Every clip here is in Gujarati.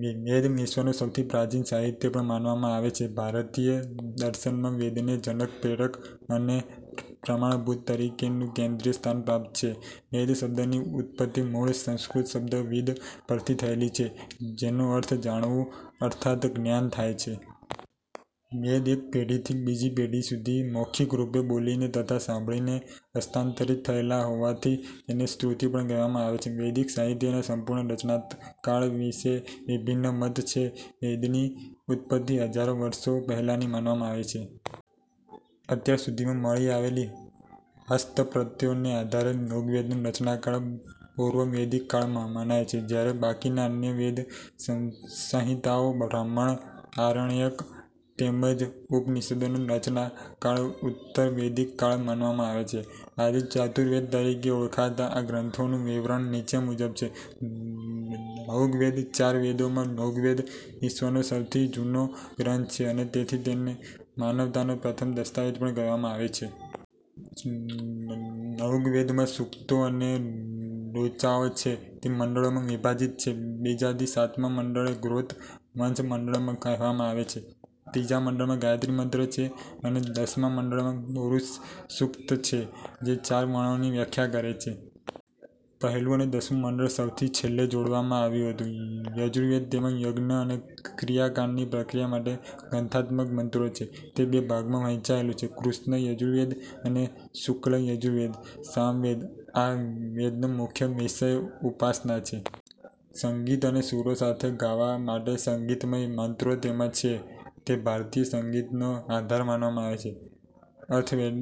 વેદ વિશ્વનું સૌથી પ્રાચીન સાહિત્ય પણ માનવામાં આવે છે. ભારતીય દર્શનમાં વેદને જનક, પ્રેરક અને પ્રમાણભૂત તરીકેનું કેન્દ્રીય સ્થાન પ્રાપ્ત છે. 'વેદ' શબ્દની ઉત્પત્તિ મૂળ સંસ્કૃત શબ્દ 'વિદ્' પરથી થયેલી છે, જેનો અર્થ 'જાણવું' અર્થાત જ્ઞાન થાય છે. વેદ એક પેઢીથી બીજી પેઢી સુધી મૌખિકરૂપે બોલીને તથા સાંભળીને હસ્તાંતરિત થયેલા હોવાથી તેને શ્રુતિ પણ કહેવામાં આવે છે. વૈદિક સાહિત્યના સંપૂર્ણ રચનાકાળ વિશે વિભિન્ન મત છે. વેદની ઉત્પત્તિ હજારો વર્ષો પહેલાની માનવામાં આવે છે. અત્યાર સુધીમાં મળી આવેલી હસ્તપ્રતોને આધારે ઋગ્વેદનો રચનાકાળ પૂર્વ વૈદિક કાળ મનાય છે, જ્યારે બાકીના અન્ય વેદ, સંહિતાઓ, બ્રાહ્મણ, આરણ્યક તેમજ ઉપનિષદોનો રચનાકાળ ઉત્તર વૈદિક કાળ માનવામાં આવે છે. આજે 'ચતુર્વેદ' તરીકે ઓળખાતા આ ગ્રંથોનું વિવરણ નીચે મુજબ છે: ઋગ્વેદ ચાર વેદોમાં ઋગ્વેદ વિશ્વનો સૌથી જૂનો ગ્રંથ છે અને તેથી તેને માનવતાનો પ્રથમ દસ્તાવેજ પણ કહેવામાં આવે છે. ઋગ્વેદમાં સૂક્તો અને ઋચાઓ છે. તે મંડળોમાં વિભાજિત છે. બીજાથી સાતમા મંડળને 'ગોત્ર/વંશ મંડળ' કહેવામાં આવે છે. ત્રીજા મંડળમાં ગાયત્રી મંત્ર છે અને દસમા મંડળમાં પુરુષસૂક્ત છે, જે ચાર વર્ણો ની વ્યાખ્યા કરે છે. પહેલું અને દસમું મંડળ સૌથી છેલ્લે જોડવામાં આવ્યું હતું. યજુર્વેદ તેમાં યજ્ઞ અને ક્રિયાકાંડની પ્રક્રિયા માટે ગદ્યાત્મક મંત્રો છે. તે બે ભાગમાં વહેંચાયેલું છે: કૃષ્ણ યજુર્વેદ અને શુક્લ યજુર્વેદ. સામવેદ આ વેદનો મુખ્ય વિષય ઉપાસના છે. સંગીત અને સૂરો સાથે ગાવા માટે સંગીતમય મંત્રો તેમાં છે. તે ભારતીય સંગીતનો આધાર માનવામાં આવે છે. અથર્વવેદ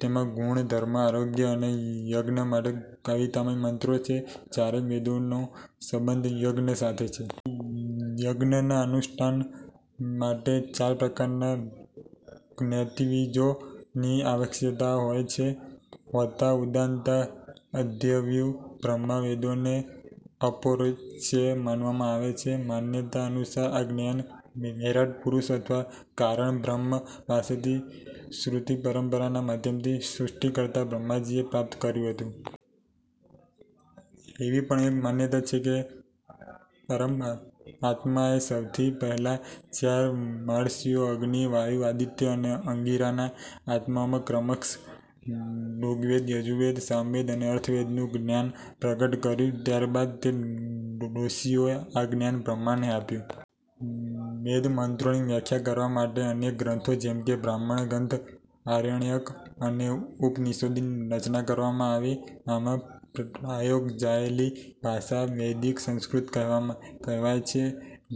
તેમાં ગુણ, ધર્મ, આરોગ્ય અને યજ્ઞ માટે કવિતામય મંત્રો છે. ચારેય વેદોનો સંબંધ યજ્ઞ સાથે છે. યજ્ઞના અનુષ્ઠાન માટે ચાર પ્રકારના ઋત્વિજો ની આવશ્યકતા હોય છે: હોતા ઉદ્ગાતા અધ્વર્યુ બ્રહ્મા વેદોને અપૌરુષેય માનવામાં આવે છે. માન્યતા અનુસાર આ જ્ઞાન વિરાટપુરુષ અથવા કારણબ્રહ્મ પાસેથી શ્રુતિ પરંપરાના માધ્યમથી સૃષ્ટિકર્તા બ્રહ્માજીએ પ્રાપ્ત કર્યું હતું. એવી પણ એક માન્યતા છે કે પરમાત્માએ સૌથી પહેલા ચાર મહર્ષિઓ અગ્નિ, વાયુ, આદિત્ય અને અંગિરા ના આત્માઓમાં ક્રમશઃ ઋગ્વેદ, યજુર્વેદ, સામવેદ અને અથર્વવેદનું જ્ઞાન પ્રગટ કર્યું. ત્યારબાદ તે ઋષિઓએ આ જ્ઞાન બ્રહ્માને આપ્યું. વેદ મંત્રોની વ્યાખ્યા કરવા માટે અનેક ગ્રંથો જેમ કે બ્રાહ્મણ-ગ્રંથ, આરણ્યક અને ઉપનિષદોની રચના કરવામાં આવી. આમાં પ્રયોજાયેલી ભાષા વૈદિક સંસ્કૃત કહેવાય છે,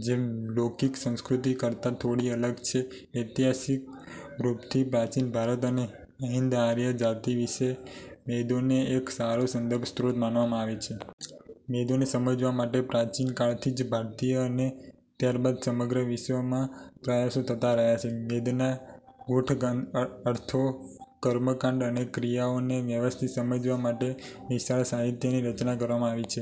જે લૌકિક સંસ્કૃત કરતા થોડી અલગ છે. ઐતિહાસિક રૂપથી પ્રાચીન ભારત અને હિંદ-આર્ય જાતિ વિશે વેદોને એક સારો સંદર્ભ સ્ત્રોત માનવામાં આવે છે. વેદોને સમજવા માટે પ્રાચીન કાળથી જ ભારતીય અને ત્યારબાદ સમગ્ર વિશ્વમાં પ્રયાસો થતા રહ્યા છે. વેદના ગૂઢ અર્થો, કર્મકાંડ અને ક્રિયાઓને વ્યવસ્થિત સમજવા માટે વિશાળ સાહિત્યની રચના કરવામાં આવી છે.